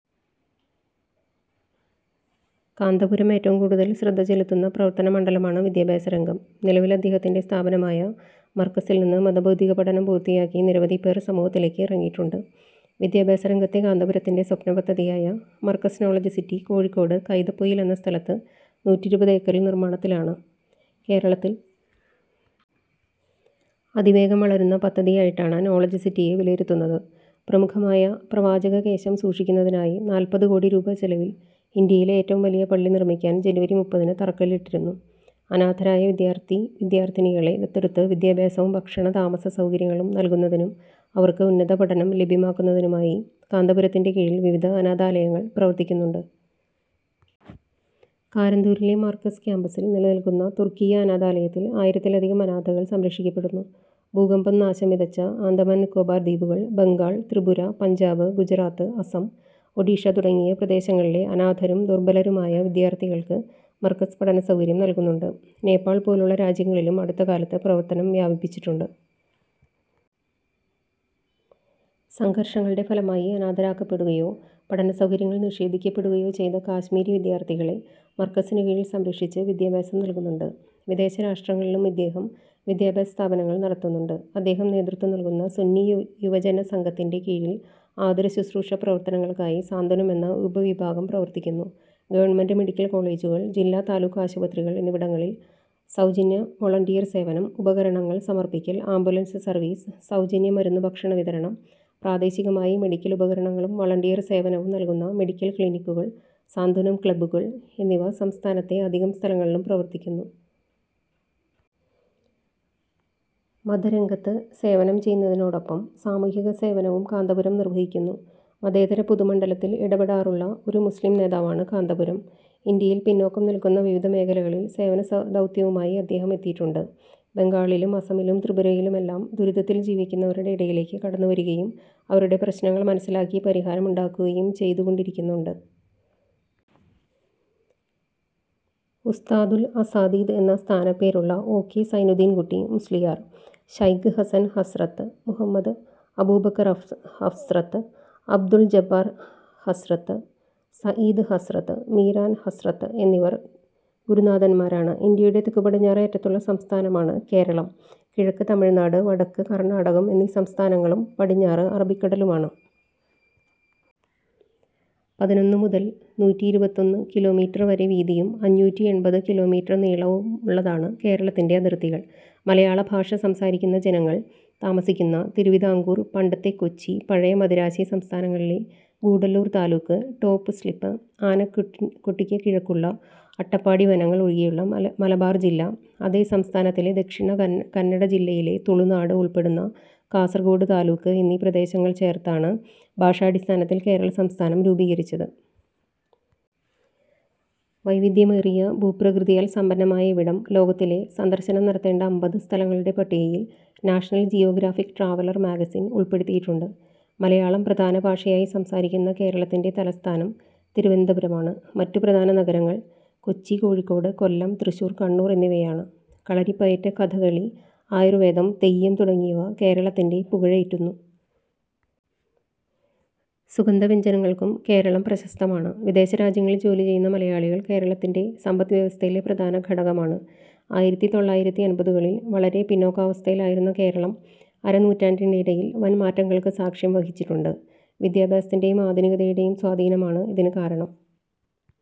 കാന്തപുരം ഏറ്റവും കൂടുതൽ ശ്രദ്ധ ചെലുത്തുന്ന പ്രവർത്തന മണ്ഡലമാണ് വിദ്യാഭ്യാസ രംഗം. നിലവിൽ അദ്ദേഹത്തിൻ്റെ സ്ഥാപനമായ മർകസിൽ നിന്ന് മത ഭൗതിക പഠനം പൂർത്തിയാക്കി നിരവധി പേർ സമൂഹത്തിലേക്ക് ഇറങ്ങിയിട്ടുണ്ട്. വിദ്യാഭ്യാസ രംഗത്തെ കാന്തപുരത്തിൻ്റെ സ്വപ്ന പദ്ധതിയായ മർകസ് നോളജ് സിറ്റി കോഴിക്കോട് കൈതപ്പൊയിൽ എന്ന സ്ഥലത്ത് നൂറ്റിയിരുപത് ഏക്കറിൽ നിർമ്മാണത്തിലാണ്. കേരളത്തിൽ അതിവേഗം വളരുന്ന പദ്ധതിയായിട്ടാണ് നോളജ് സിറ്റിയെ വിലയിരുത്തുന്നത്. പ്രമുഖമായ പ്രവാചക കേശം സൂക്ഷിക്കുന്നതിനായി നാൽപ്പത് കോടി രൂപ ചെലവിൽ ഇന്ത്യയിലെ ഏറ്റവും വലിയ പള്ളി നിർമ്മിക്കാൻ ജനുവരി മുപ്പതിന് തറക്കല്ലിട്ടിരുന്നു. അനാഥരായ വിദ്യാർഥി വിദ്യാർഥിനികളെ ദത്തെടുത്ത് വിദ്യാഭ്യാസവും ഭക്ഷണ, താമസ സൗകര്യങ്ങളും നൽകുന്നതിനും അവർക്ക് ഉന്നത പഠനം ലഭ്യമാക്കുന്നതിനുമായി കാന്തപുരത്തിൻ്റെ കീഴിൽ വിവിധ അനാഥാലയങ്ങൾ പ്രവർത്തിക്കുന്നുണ്ട്. കാരന്തൂരിലെ മർകസ് ക്യാമ്പസിൽ നിലകൊള്ളുന്ന തുർക്കിയ്യ അനാഥാലയത്തിൽ ആയിരത്തിലധികം അനാഥകൾ സംരക്ഷിക്കപ്പെടുന്നു. ഭൂകമ്പം നാശം വിതച്ച ആന്തമാൻ നിക്കോബാർ ദ്വീപുകൾ, ബംഗാൾ, ത്രിപുര, പഞ്ചാബ്, ഗുജറാത്ത്, അസം, ഒഡീഷ തുടങ്ങിയ പ്രദേശങ്ങളിലെ അനാഥരും ദുർബലരുമായ വിദ്യാർഥികൾക്ക് മർകസ് പഠന സൗകര്യം നൽകുന്നുണ്ട്. നേപ്പാൾ പോലുള്ള രാജ്യങ്ങളിലും അടുത്തകാലത്ത് പ്രവർത്തനം വ്യാപിപ്പിച്ചിട്ടുണ്ട്. സംഘർഷങ്ങളുടെ ഫലമായി അനാഥരാക്കപ്പെടുകയോ പഠന സൗകര്യങ്ങൾ നിഷേധിക്കപ്പെടുകയോ ചെയ്ത കാശ്മീരി വിദ്യാർഥികളെ മർകസിനു കീഴിൽ സംരക്ഷിച്ച് വിദ്യാഭ്യാസം നൽകുന്നുണ്ട്. വിദേശ രാഷ്ട്രങ്ങളിലും ഇദ്ദേഹം വിദ്യാഭ്യാസ സ്ഥാപനങ്ങൾ നടത്തുന്നുണ്ട്. അദ്ദേഹം നേതൃത്വം നൽകുന്ന സുന്നി യുവജന സംഘത്തിൻ്റെ കീഴിൽ ആതുരശുശ്രൂഷ പ്രവർത്തനങ്ങൾക്കായി സാന്ത്വനം എന്ന ഉപവിഭാഗം പ്രവർത്തിക്കുന്നു. ഗവൺമെന്റ് മെഡിക്കൽ കോളേജുകൾ, ജില്ലാ താലൂക്ക് ആശുപത്രികൾ എന്നിവിടങ്ങളിൽ സൗജന്യ വളണ്ടിയർ സേവനം, ഉപകരണങ്ങൾ സമർപ്പിക്കൽ, ആംബുലൻസ് സർവീസ്, സൗജന്യ മരുന്ന് ഭക്ഷണ വിതരണം, പ്രാദേശികമായി മെഡിക്കൽ ഉപകരണങ്ങളും വളണ്ടിയർ സേവനവും നൽകുന്ന മെഡിക്കൽ ക്ലിനിക്കുകൾ, സാന്ത്വനം ക്ലബ്ബുകൾ എന്നിവ സംസ്ഥാനത്തെ അധികം സ്ഥലങ്ങളിലും പ്രവർത്തിക്കുന്നു. മത രംഗത്ത് സേവനം ചെയ്യുന്നതിനോടൊപ്പം സാമൂഹിക സേവനവും കാന്തപുരം നിർവഹിക്കുന്നു. മതേതര പൊതുമണ്ഡലത്തിൽ ഇടപെടാറുള്ള ഒരു മുസ്ലിം നേതാവാണ് കാന്തപുരം. ഇന്ത്യയിൽ പിന്നാക്കം നിൽക്കുന്ന വിവിധ മേഖലകളിൽ സേവന ദൗത്യവുമായി അദ്ദേഹം എത്തിയിട്ടുണ്ട്. ബംഗാളിലും അസമിലും ത്രിപുരയിലുമെല്ലാം ദുരിതത്തിൽ ജീവിക്കുന്നവരുടെ ഇടയിലേക്ക് കടന്നുവരികയും അവരുടെ പ്രശ്നങ്ങൾ മനസ്സിലാക്കി പരിഹാരമുണ്ടാക്കുകയും ചെയ്തുകൊണ്ടിരിക്കുന്നുണ്ട്. ഉസ്താദുൽ അസാതീദ് എന്ന സ്ഥാനപ്പേരുള്ള ഒ. കെ. സൈനുദ്ധീൻ കുട്ടി മുസ്ലിയാർ, ശൈഖ് ഹസൻ ഹസ്റത്ത്, മുഹമ്മദ് അബൂബക്കർ ഹസ്റത്ത്, അബ്ദുൽ ജബ്ബാർ ഹസ്റത്ത്, സഈദ് ഹസ്റത്ത്, മീറാൻ ഹസ്റത്ത് എന്നിവർ ഗുരുനാഥന്മാരാണ്. ഇന്ത്യയുടെ തെക്കുപടിഞ്ഞാറെ അറ്റത്തുള്ള സംസ്ഥാനമാണ് കേരളം. കിഴക്ക് തമിഴ്നാട്, വടക്ക് കർണാടകം എന്നീ സംസ്ഥാനങ്ങളും പടിഞ്ഞാറ് അറബിക്കടലുമാണ്. പതിനൊന്ന് മുതൽ നൂറ്റിയിരുപത്തിയൊന്ന് കിലോമീറ്റർ വരെ വീതിയും അഞ്ഞൂറ്റി എൺപത് കിലോമീറ്റർ നീളവുമുള്ളതാണ് കേരളത്തിൻ്റെ അതിർത്തികൾ. മലയാള ഭാഷ സംസാരിക്കുന്ന ജനങ്ങൾ താമസിക്കുന്ന തിരുവിതാംകൂർ, പണ്ടത്തെ കൊച്ചി, പഴയ മദിരാശി സംസ്ഥാനത്തിലെ ഗൂഡല്ലൂർ താലൂക്ക്, ടോപ് സ്ലിപ്പ്, ആനക്കെട്ടിക്ക് കിഴക്കുള്ള അട്ടപ്പാടി വനങ്ങൾ ഒഴികെയുള്ള മലബാർ ജില്ല, അതേ സംസ്ഥാനത്തിലെ ദക്ഷിണ കന്നഡ ജില്ലയിലെ തുളുനാട് ഉൾപ്പെടുന്ന കാസർഗോഡ് താലൂക്ക് എന്നീ പ്രദേശങ്ങൾ ചേർത്താണ് ഭാഷാടിസ്ഥാനത്തിൽ കേരള സംസ്ഥാനം രൂപവത്കരിച്ചത്.... ഭൂപ്രകൃതിയാൽ സമ്പന്നമായ ഇവിടം ലോകത്തിലെ സന്ദർശനം നടത്തേണ്ട അമ്പത് സ്ഥലങ്ങളുടെ പട്ടികയിൽ നാഷണൽ ജിയോഗ്രാഫിക് ട്രാവലർ മാഗസിൻ ഉൾപ്പെടുത്തിയിട്ടുണ്ട്. മലയാളം പ്രധാന ഭാഷയായി സംസാരിക്കുന്ന കേരളത്തിൻ്റെ തലസ്ഥാനം തിരുവനന്തപുരമാണ്. മറ്റു പ്രധാന നഗരങ്ങൾ കൊച്ചി, കോഴിക്കോട്, കൊല്ലം, തൃശ്ശൂർ, കണ്ണൂർ എന്നിവയാണ്. കളരിപ്പയറ്റ്, കഥകളി, ആയുർവേദം, തെയ്യം തുടങ്ങിയവ കേരളത്തിൻ്റെ പുകഴേറ്റുന്നു. സുഗന്ധവ്യഞ്ജനങ്ങൾക്കും കേരളം പ്രശസ്തമാണ്. വിദേശരാജ്യങ്ങളിൽ ജോലി ചെയ്യുന്ന മലയാളികൾ കേരളത്തിൻ്റെ സമ്പദ്‌വ്യവസ്ഥയിലെ പ്രധാന ഘടകമാണ്. ആയിരത്തി തൊള്ളായിരത്തി അൻപതുകളിൽ വളരെ പിന്നാക്കാവസ്ഥയിലായിരുന്ന കേരളം അരനൂറ്റാണ്ടിനിടയിൽ വൻ മാറ്റങ്ങൾക്ക് സാക്ഷ്യം വഹിച്ചിട്ടുണ്ട്. വിദ്യാഭ്യാസത്തിൻ്റെയും ആധുനികതയുടെയും സ്വാധീനമാണ് ഇതിന് കാരണം.